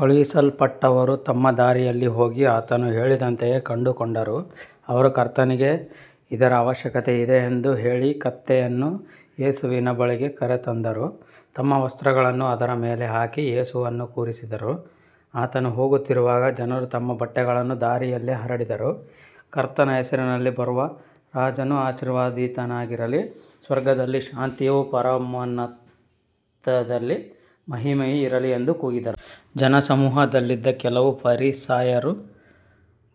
ಕಳುಹಿಸಲ್ಪಟ್ಟವರು ತಮ್ಮ ದಾರಿಯಲ್ಲಿ ಹೋಗಿ, ಆತನು ಹೇಳಿದಂತೆಯೇ ಕಂಡುಕೊಂಡರು. ಅವರು ಕರ್ತನಿಗೆ ಇದರ ಅವಶ್ಯಕತೆಯಿದೆ ಎಂದು ಹೇಳಿ ಕತ್ತೆಯನ್ನು ಯೇಸುವಿನ ಬಳಿಗೆ ಕರೆತಂದರು. ತಮ್ಮ ವಸ್ತ್ರಗಳನ್ನು ಅದರ ಮೇಲೆ ಹಾಕಿ ಯೇಸುವನ್ನು ಕೂರಿಸಿದರು. ಆತನು ಹೋಗುತ್ತಿರುವಾಗ ಜನರು ತಮ್ಮ ಬಟ್ಟೆಗಳನ್ನು ದಾರಿಯಲ್ಲಿ ಹರಡಿದರು. ಕರ್ತನ ಹೆಸರಿನಲ್ಲಿ ಬರುವ ರಾಜನು ಆಶೀರ್ವದಿತನಾಗಿರಲಿ, ಸ್ವರ್ಗದಲ್ಲಿ ಶಾಂತಿಯೂ ಪರಮೋನ್ನತದಲ್ಲಿ ಮಹಿಮೆಯೂ ಇರಲಿ ಎಂದು ಕೂಗಿದರು. ಜನಸಮೂಹದಲ್ಲಿದ್ದ ಕೆಲವು ಫರಿಸಾಯರು,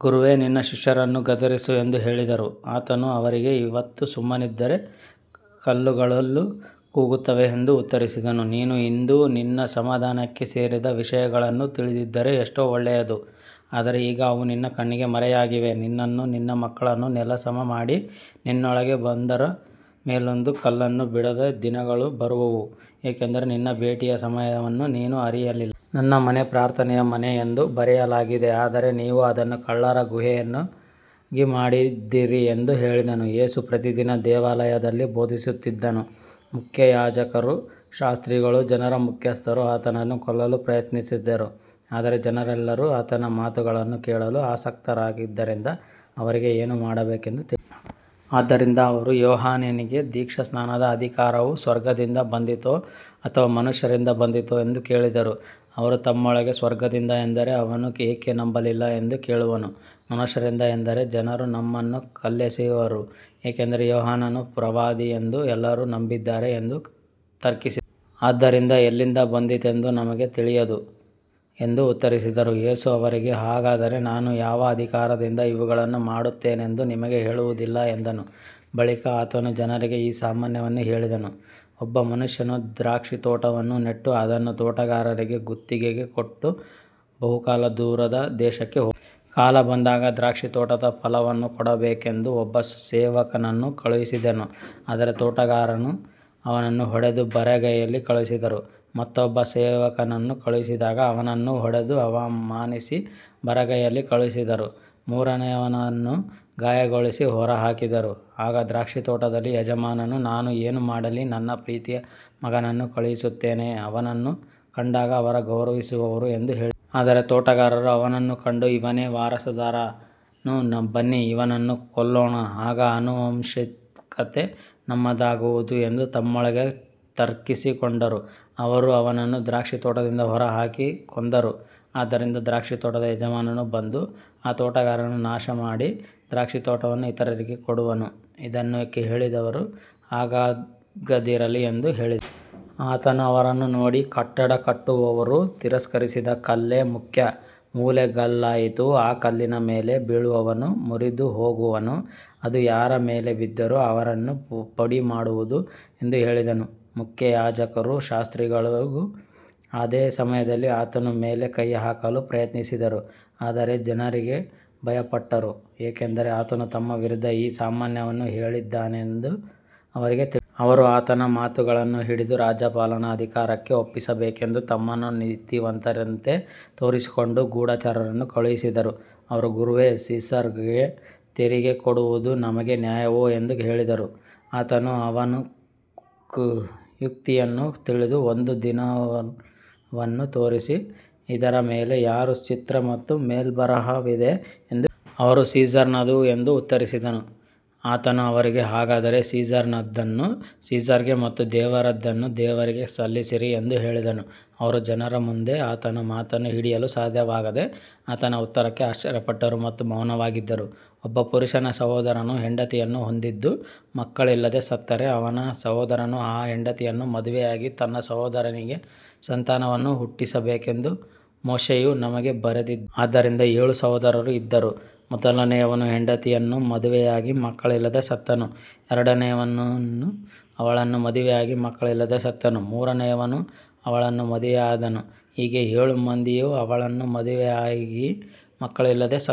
ಗುರುವೇ, ನಿನ್ನ ಶಿಷ್ಯರನ್ನು ಗದರಿಸು ಎಂದು ಹೇಳಿದರು. ಆತನು ಅವರಿಗೆ, ಇವರು ಸುಮ್ಮನಿದ್ದರೆ ಕಲ್ಲುಗಳು ಕೂಗುತ್ತವೆ ಎಂದು ಉತ್ತರಿಸಿದನು. ನೀನು ಇಂದು ನಿನ್ನ ಸಮಾಧಾನಕ್ಕೆ ಸೇರಿದ ವಿಷಯಗಳನ್ನು ತಿಳಿದಿದ್ದರೆ ಎಷ್ಟೋ ಒಳ್ಳೆಯದು. ಆದರೆ ಈಗ ಅವು ನಿನ್ನ ಕಣ್ಣಿಗೆ ಮರೆಯಾಗಿವೆ. ನಿನ್ನನ್ನೂ ನಿನ್ನ ಮಕ್ಕಳನ್ನೂ ನೆಲಸಮ ಮಾಡಿ, ನಿನ್ನೊಳಗೆ ಒಂದರ ಮೇಲೊಂದು ಕಲ್ಲನ್ನೂ ಬಿಡದ ದಿನಗಳು ಬರುವವು, ಏಕೆಂದರೆ ನಿನ್ನ ಭೇಟಿಯ ಸಮಯವನ್ನು ನೀನು ಅರಿಯಲಿಲ್ಲ. ನನ್ನ ಮನೆ ಪ್ರಾರ್ಥನೆಯ ಮನೆ ಎಂದು ಬರೆಯಲಾಗಿದೆ, ಆದರೆ ನೀವು ಅದನ್ನು ಕಳ್ಳರ ಗುಹೆಯನ್ನಾಗಿ ಮಾಡಿದ್ದೀರಿ ಎಂದು ಹೇಳಿದನು. ಯೇಸು ಪ್ರತಿದಿನ ದೇವಾಲಯದಲ್ಲಿ ಬೋಧಿಸುತ್ತಿದ್ದನು. ಮುಖ್ಯಯಾಜಕರೂ ಶಾಸ್ತ್ರಿಗಳೂ ಜನರ ಮುಖ್ಯಸ್ಥರೂ ಆತನನ್ನು ಕೊಲ್ಲಲು ಪ್ರಯತ್ನಿಸಿದರು. ಆದರೆ ಜನರೆಲ್ಲರೂ ಆತನ ಮಾತುಗಳನ್ನು ಕೇಳಲು ಆಸಕ್ತರಾಗಿದ್ದರಿಂದ ಅವರಿಗೆ ಏನು ಮಾಡಬೇಕೆಂದು ತಿಳಿಯಲಿಲ್ಲ. ಆದ್ದರಿಂದ ಅವರು, ಯೋಹಾನನಿಗೆ ದೀಕ್ಷಾಸ್ನಾನದ ಅಧಿಕಾರವು ಸ್ವರ್ಗದಿಂದ ಬಂದಿತೋ ಅಥವಾ ಮನುಷ್ಯರಿಂದ ಬಂದಿತೋ ಎಂದು ಕೇಳಿದರು. ಅವರು ತಮ್ಮೊಳಗೆ, ಸ್ವರ್ಗದಿಂದ ಎಂದರೆ ಅವನು ಏಕೆ ನಂಬಲಿಲ್ಲ ಎಂದು ಕೇಳುವನು, ಮನುಷ್ಯರಿಂದ ಎಂದರೆ ಜನರು ನಮ್ಮನ್ನು ಕಲ್ಲೆಸೆಯುವರು, ಏಕೆಂದರೆ ಯೋಹಾನನು ಪ್ರವಾದಿ ಎಂದು ಎಲ್ಲರೂ ನಂಬಿದ್ದಾರೆ ಎಂದು ತರ್ಕಿಸಿದರು. ಆದ್ದರಿಂದ ಎಲ್ಲಿಂದ ಬಂದಿತೆಂದು ನಮಗೆ ತಿಳಿಯದು ಎಂದು ಉತ್ತರಿಸಿದರು. ಯೇಸು ಅವರಿಗೆ, ಹಾಗಾದರೆ ನಾನು ಯಾವ ಅಧಿಕಾರದಿಂದ ಇವುಗಳನ್ನು ಮಾಡುತ್ತೇನೆಂದು ನಿಮಗೆ ಹೇಳುವುದಿಲ್ಲ ಎಂದನು. ಬಳಿಕ ಆತನು ಜನರಿಗೆ ಈ ಸಾಮ್ಯವನ್ನು ಹೇಳಿದನು. ಒಬ್ಬ ಮನುಷ್ಯನು ದ್ರಾಕ್ಷಿತೋಟವನ್ನು ನೆಟ್ಟು ಅದನ್ನು ತೋಟಗಾರರಿಗೆ ಗುತ್ತಿಗೆಗೆ ಕೊಟ್ಟು ಬಹುಕಾಲ ದೂರದ ದೇಶಕ್ಕೆ ಹೋದನು. ಕಾಲ ಬಂದಾಗ ದ್ರಾಕ್ಷಿತೋಟದ ಫಲವನ್ನು ಕೊಡಬೇಕೆಂದು ಒಬ್ಬ ಸೇವಕನನ್ನು ಕಳುಹಿಸಿದನು. ಆದರೆ ತೋಟಗಾರರು ಅವನನ್ನು ಹೊಡೆದು ಬರಿಗೈಯಲ್ಲಿ ಕಳುಹಿಸಿದರು. ಮತ್ತೊಬ್ಬ ಸೇವಕನನ್ನು ಕಳುಹಿಸಿದಾಗ ಅವನನ್ನೂ ಹೊಡೆದು ಅವಮಾನಿಸಿ ಬರಿಗೈಯಲ್ಲಿ ಕಳುಹಿಸಿದರು. ಮೂರನೆಯವನನ್ನೂ ಗಾಯಗೊಳಿಸಿ ಹೊರಹಾಕಿದರು. ಆಗ ದ್ರಾಕ್ಷಿತೋಟದ ಯಜಮಾನನು, ನಾನು ಏನು ಮಾಡಲಿ, ನನ್ನ ಪ್ರೀತಿಯ ಮಗನನ್ನು ಕಳುಹಿಸುತ್ತೇನೆ, ಅವನನ್ನು ಕಂಡಾಗ ಅವರು ಗೌರವಿಸುವರು ಎಂದು ಹೇಳಿದನು. ಆದರೆ ತೋಟಗಾರರು ಅವನನ್ನು ಕಂಡು, ಇವನೇ ವಾರಸುದಾರನು, ಬನ್ನಿ, ಇವನನ್ನು ಕೊಲ್ಲೋಣ, ಆಗ ಆನುವಂಶಿಕತೆ ನಮ್ಮದಾಗುವುದು ಎಂದು ತಮ್ಮೊಳಗೆ ತರ್ಕಿಸಿಕೊಂಡರು. ಅವರು ಅವನನ್ನು ದ್ರಾಕ್ಷಿತೋಟದಿಂದ ಹೊರಗೆ ಹಾಕಿ ಕೊಂದರು. ಆದ್ದರಿಂದ ದ್ರಾಕ್ಷಿತೋಟದ ಯಜಮಾನನು ಬಂದು ಆ ತೋಟಗಾರರನ್ನು ನಾಶಮಾಡಿ ದ್ರಾಕ್ಷಿತೋಟವನ್ನು ಇತರರಿಗೆ ಕೊಡುವನು. ಇದನ್ನು ಕೇಳಿದವರು, ಹಾಗಾಗದಿರಲಿ ಎಂದು ಹೇಳಿದರು. ಆತನು ಅವರನ್ನು ನೋಡಿ, ಕಟ್ಟಡ ಕಟ್ಟುವವರು ತಿರಸ್ಕರಿಸಿದ ಕಲ್ಲೇ ಮುಖ್ಯ ಮೂಲೆಗಲ್ಲಾಯಿತು. ಆ ಕಲ್ಲಿನ ಮೇಲೆ ಬೀಳುವವನು ಮುರಿದುಹೋಗುವನು, ಅದು ಯಾರ ಮೇಲೆ ಬಿದ್ದರೂ ಅವರನ್ನು ಪುಡಿಮಾಡುವುದು ಎಂದು ಹೇಳಿದನು. ಮುಖ್ಯಯಾಜಕರೂ ಶಾಸ್ತ್ರಿಗಳೂ ಅದೇ ಸಮಯದಲ್ಲಿ ಆತನ ಮೇಲೆ ಕೈಹಾಕಲು ಪ್ರಯತ್ನಿಸಿದರು, ಆದರೆ ಜನರಿಗೆ ಭಯಪಟ್ಟರು, ಏಕೆಂದರೆ ಆತನು ತಮ್ಮ ವಿರುದ್ಧ ಈ ಸಾಮ್ಯವನ್ನು ಹೇಳಿದ್ದಾನೆಂದು ಅವರಿಗೆ ತಿಳಿದಿತ್ತು. ಅವರು ಆತನ ಮಾತುಗಳನ್ನು ಹಿಡಿದು ರಾಜ್ಯಪಾಲನ ಅಧಿಕಾರಕ್ಕೆ ಒಪ್ಪಿಸಬೇಕೆಂದು ತಮ್ಮನ್ನು ನೀತಿವಂತರಂತೆ ತೋರಿಸಿಕೊಂಡ ಗೂಢಚಾರರನ್ನು ಕಳುಹಿಸಿದರು. ಅವರು, ಗುರುವೇ, ಸೀಸರ್‌ಗೆ ತೆರಿಗೆ ಕೊಡುವುದು ನಮಗೆ ನ್ಯಾಯವೋ ಎಂದು ಕೇಳಿದರು. ಆತನು ಅವರ ಕುಯುಕ್ತಿಯನ್ನು ತಿಳಿದು, ಒಂದು ದಿನಾರವನ್ನು ತೋರಿಸಿರಿ, ಇದರ ಮೇಲೆ ಯಾರ ಚಿತ್ರ ಮತ್ತು ಮೇಲ್ಬರಹವಿದೆ ಎಂದು ಕೇಳಿದನು. ಅವರು ಸೀಸರ್‌ನದು ಎಂದು ಉತ್ತರಿಸಿದರು. ಆತನು ಅವರಿಗೆ, ಹಾಗಾದರೆ ಸೀಸರ್‌ನದನ್ನು ಸೀಸರ್‌ಗೆ ಮತ್ತು ದೇವರದನ್ನು ದೇವರಿಗೆ ಸಲ್ಲಿಸಿರಿ ಎಂದು ಹೇಳಿದನು. ಅವರು ಜನರ ಮುಂದೆ ಆತನ ಮಾತನ್ನು ಹಿಡಿಯಲು ಸಾಧ್ಯವಾಗದೆ, ಆತನ ಉತ್ತರಕ್ಕೆ ಆಶ್ಚರ್ಯಪಟ್ಟರು ಮತ್ತು ಮೌನವಾಗಿದ್ದರು. ಒಬ್ಬ ಪುರುಷನ ಸಹೋದರನು ಹೆಂಡತಿಯನ್ನು ಹೊಂದಿದ್ದು ಮಕ್ಕಳಿಲ್ಲದೆ ಸತ್ತರೆ, ಅವನ ಸಹೋದರನು ಆ ಹೆಂಡತಿಯನ್ನು ಮದುವೆಯಾಗಿ ತನ್ನ ಸಹೋದರನಿಗೆ ಸಂತಾನವನ್ನು ಹುಟ್ಟಿಸಬೇಕೆಂದು ಮೋಶೆಯು ನಮಗೆ ಬರೆದಿದ್ದಾನೆ. ಆದ್ದರಿಂದ ಏಳು ಸಹೋದರರು ಇದ್ದರು. ಮೊದಲನೆಯವನು ಹೆಂಡತಿಯನ್ನು ಮದುವೆಯಾಗಿ ಮಕ್ಕಳಿಲ್ಲದೆ ಸತ್ತನು. ಎರಡನೆಯವನು ಅವಳನ್ನು ಮದುವೆಯಾಗಿ ಮಕ್ಕಳಿಲ್ಲದೆ ಸತ್ತನು. ಮೂರನೆಯವನೂ ಅವಳನ್ನು ಮದುವೆಯಾದನು. ಹೀಗೆ ಏಳು ಮಂದಿಯೂ ಅವಳನ್ನು ಮದುವೆಯಾಗಿ ಮಕ್ಕಳಿಲ್ಲದೆ ಸತ್ತರು.